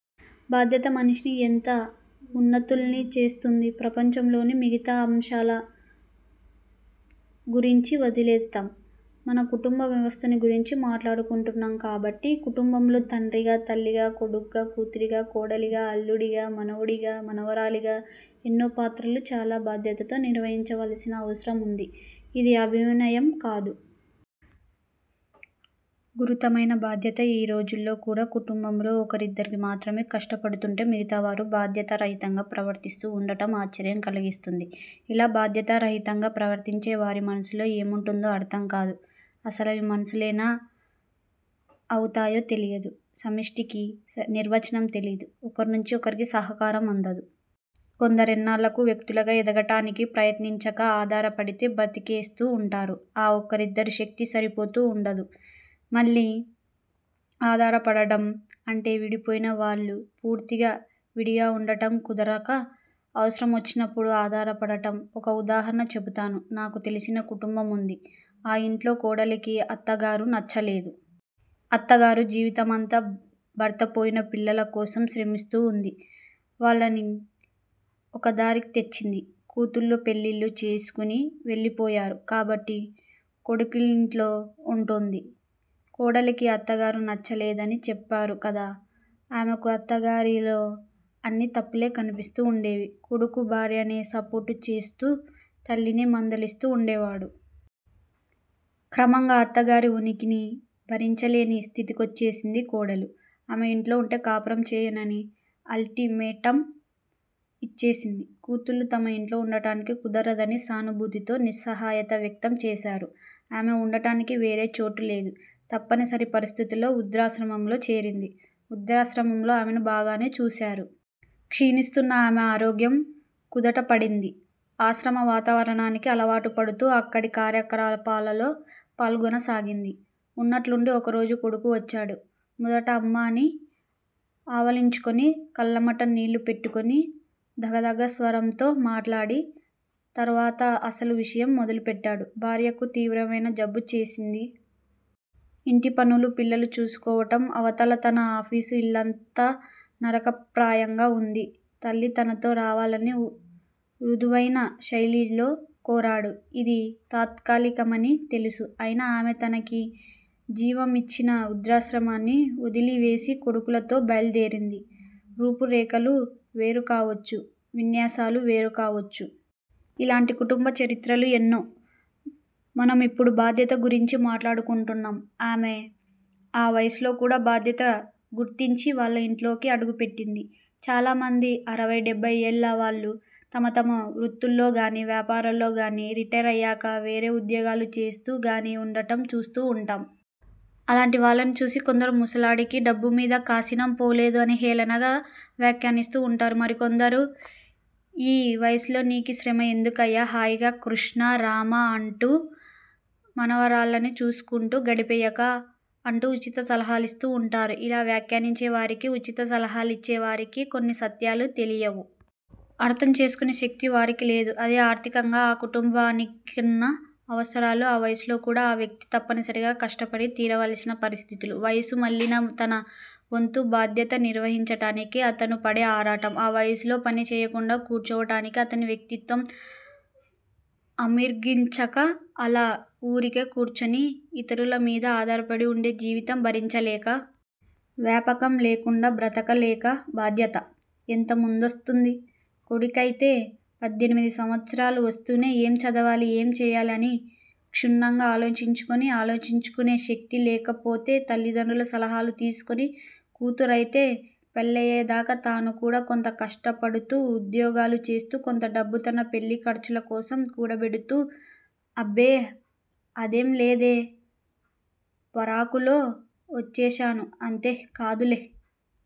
బాధ్యత మనిషిని ఎంత వున్నతుల్ని చేస్తుంది! ప్రపంచంలోని మిగతా అంశాల గురించి వదిలేద్దాం. మనం కుటుంబ వ్యవస్థని గురించి మాట్లాడుకుంటున్నాం కాబట్టి. కుటుంబంలో తండ్రిగా, తల్లిగా, కొడుకుగా, కూతురిగా, కోడలిగా, అల్లుడిగా, మనవడిగా, మనవరాలిగా, ఎన్నో పాత్రలు చాలా బాధ్యతతో నిర్వహించవలసిన అవసరముంది. ఇది అభినయం కాదు. గురుతరమైన బాధ్యత. ఈ రోజుల్లో కూడ కుటుంబంలో ఒకరిద్దరు మాత్రం కష్టపడుతూంటే మిగతావారు బాధ్యతా రహితంగా ప్రవర్తిస్తూ వుండటం ఆశ్చర్యం కలిగిస్తుంది. ఇలా బాధ్యతా రహితంగా ప్రవర్తించే వారి మనస్సులో ఏముంటుందో అర్ధం కాదు. అసలవి మనసులెలా అవుతాయో తెలియదు. 'సమిష్టి'కి నిర్వచనం తెలియదు. ఒకర్నుంచి ఒకరికి సహకారం అందదు. కొందరెన్నాళ్ళకూ వ్యక్తులుగా ఎదగటానికి ప్రయత్నించక ఆధారపడే బ్రతికేస్తూ వుంటారు. ఆ ఒకరిద్దరి శక్తి సరిపోతూ వుండదు. మళ్ళీ ఆధారపడడం. అంటే విడిపోయిన వాళ్ళు పూర్తిగా విడిగా వుండటం కుదరక అవసరమొచ్చినప్పుడు ఆధారపడటం. ఒక ఉదాహరణ చెబుతాను. నాకు తెలిసిన కుటుంబముంది. ఆ యింట్లో కోడలికి అత్తగారు నచ్చలేదు. అత్తగారు జీవితమంతా భర్తపోయినా పిల్లలకోసం శ్రమిస్తూనే వుంది. వాళ్ళని ఒకదారికి తెచ్చింది. కూతుళ్ళు పెళ్ళిళ్ళు చేసుకుని వెళ్ళిపోయారు. కాబట్టి కొడుకింట్లోనే వుంటోంది. కోడలికి అత్తగారు నచ్చలేదని చెప్పారు కదా. ఆమెకు అత్తగారిలో అన్నీ తప్పులే కనిపిస్తూ వుండేవి. కొడుకు భార్యనే సపోర్ట్ చేస్తూ తల్లినే మందలిస్తూ వుండేవాడు. క్రమక్రమంగా అత్తగారి ఉనికినే భరించలేని స్థితికొచ్చేసింది కోడలు. ఆమె యింట్లో వుంటే కాపురం చెయ్యనని అల్టిమేటమ్ యిచ్చేసింది. కూతుళ్ళు తమ యింట్లో వుండటానికి కుదరదని సానుభూతితో నిస్సహాయత వ్యక్తం చేశారు. ఆమె వుండటానికి వేరే చోటులేదు. తప్పనిసరి పరిస్థితుల్లో వృద్దాశ్రమంలో చేరింది. వృద్దాశ్రమంలో ఆమెను బాగానే చూశారు. క్షీణిస్తోన్న ఆమె ఆరోగ్యం కుదుటపడింది. ఆశ్రమ వాతావరణానికి అలవాటు పడుతూ అక్కడి కార్యకలాపాల్లో పాల్గొనసాగింది. ఉన్నట్లుండి ఒక రోజు కొడుకు వచ్చాడు. మొదట 'అమ్మా'అని కావలించుకుని, కళ్ళమ్మట నీళ్ళు పెట్టుకుని, గద్గద స్వరంతో మాట్లాడి తర్వాత అసలు విషయం మొదలుపెట్టాడు. భార్యకు తీవ్రమైన జబ్బు చేసింది. ఇంటి పనులూ, పిల్లల్ని చూసుకోవటం, అవతల తన ఆఫీసు ఇల్లంతా నరకప్రాయంగా వుంది. తల్లి తనతో రావాలని మృదువైన శైలిలో కోరాడు. ఇది తాత్కాలికమని తెలుసు. అయినా ఆమె తనకి జీవమిచ్చిన వృద్దాశ్రమాన్ని వొదిలి వేసి కొడుకుతో బయల్దేరింది. రూపు రేఖలు వేరుకావచ్చు. విన్యాసాలు వేరుకావచ్చు. ఇలాంటి కుటుంబ చరిత్రలు ఎన్నో. మనమిప్పుడు బాధ్యత గురించి మాట్లాడుకుంటున్నాం ఆమె ఆ వయసులో కూడ బాధ్యత గుర్తించి వాళ్ళ ఇంట్లోకి అడుగుపెట్టింది. చాలామంది అరవై, డెబ్బై ఏళ్ల వాళ్ళు తమ తమ వృత్తుల్లో గాని, వ్యాపారాల్లో గాని, రిటైరయాక వేరే ఉద్యోగాలు చేస్తూ గాని వుండటం చూస్తూ వుంటాం. అలాంటి వాళ్ళని చూసి కొందరు ముసలాడికి డబ్బుమీద కాసినం పోలేదు అని హేళనగా వ్యాఖ్యానిస్తూ వుంటారు. మరికొందరు, యీ వయసులో నీకీ శ్రమ ఎందుకయ్యా హాయిగా కృష్ణా రామా అనుకుంటూ, మనవరాళ్ళని చూసుకుంటూ గడిపెయ్యక, అంటూ ఉచిత సలహాలిస్తూ వుంటారు. ఇలా వ్యాఖ్యానించే వారికి, ఉచిత సలహాలిచ్చే వారికి కొన్ని సత్యాలు తెలియవు. అర్ధం చేసుకునే శక్తి వారికి లేదు. అది ఆర్ధికంగా ఆ కుటుంబానికున్న అవసరాలు ఆ వయసులో కూడా ఆ వ్యక్తి తప్పనిసరిగా కష్టపడి తీరవలసిన పరిస్థితులు. వయసు మళ్ళినా తన వంతు బాధ్యత నిర్వర్తించటానికి అతను పడే ఆరాటం. ఆ వయసులో పని చెయ్యకుండా కూచోవటానికి అతని వ్యక్తిత్వం అమ్గీకరించక, అలా వూరికే కూర్చుని యితరుల మీద ఆధారపడి వుండే జీవితం భరించలేక. వ్యాపకం లేకుండా బ్రతకలేక. బాధ్యత! ఎంత ముద్దొస్తుంది? కొడుకైతే పద్దెనిమిది సంవత్సరాలు వస్తూనే ఏం చదవాలి, ఏం చేయాలి అని క్షుణ్ణంగా ఆలోచించుకుని, ఆలోచించుకునే శక్తి లేకపోతే తల్లిదండ్రుల సలహాలు తీసుకుని, కూతురయితే పెళ్ళయేదాకా తాను కూడా కొంత కష్టపడుతూ ఉద్యోగాలు చేస్తూ, కొంత డబ్బు తన పెళ్ళి ఖర్చుల కోసం కూడబెడుతూ. అబ్బే అదేం లేదే? పరాకులో వచ్చేశాను! అంతే! కాదులే!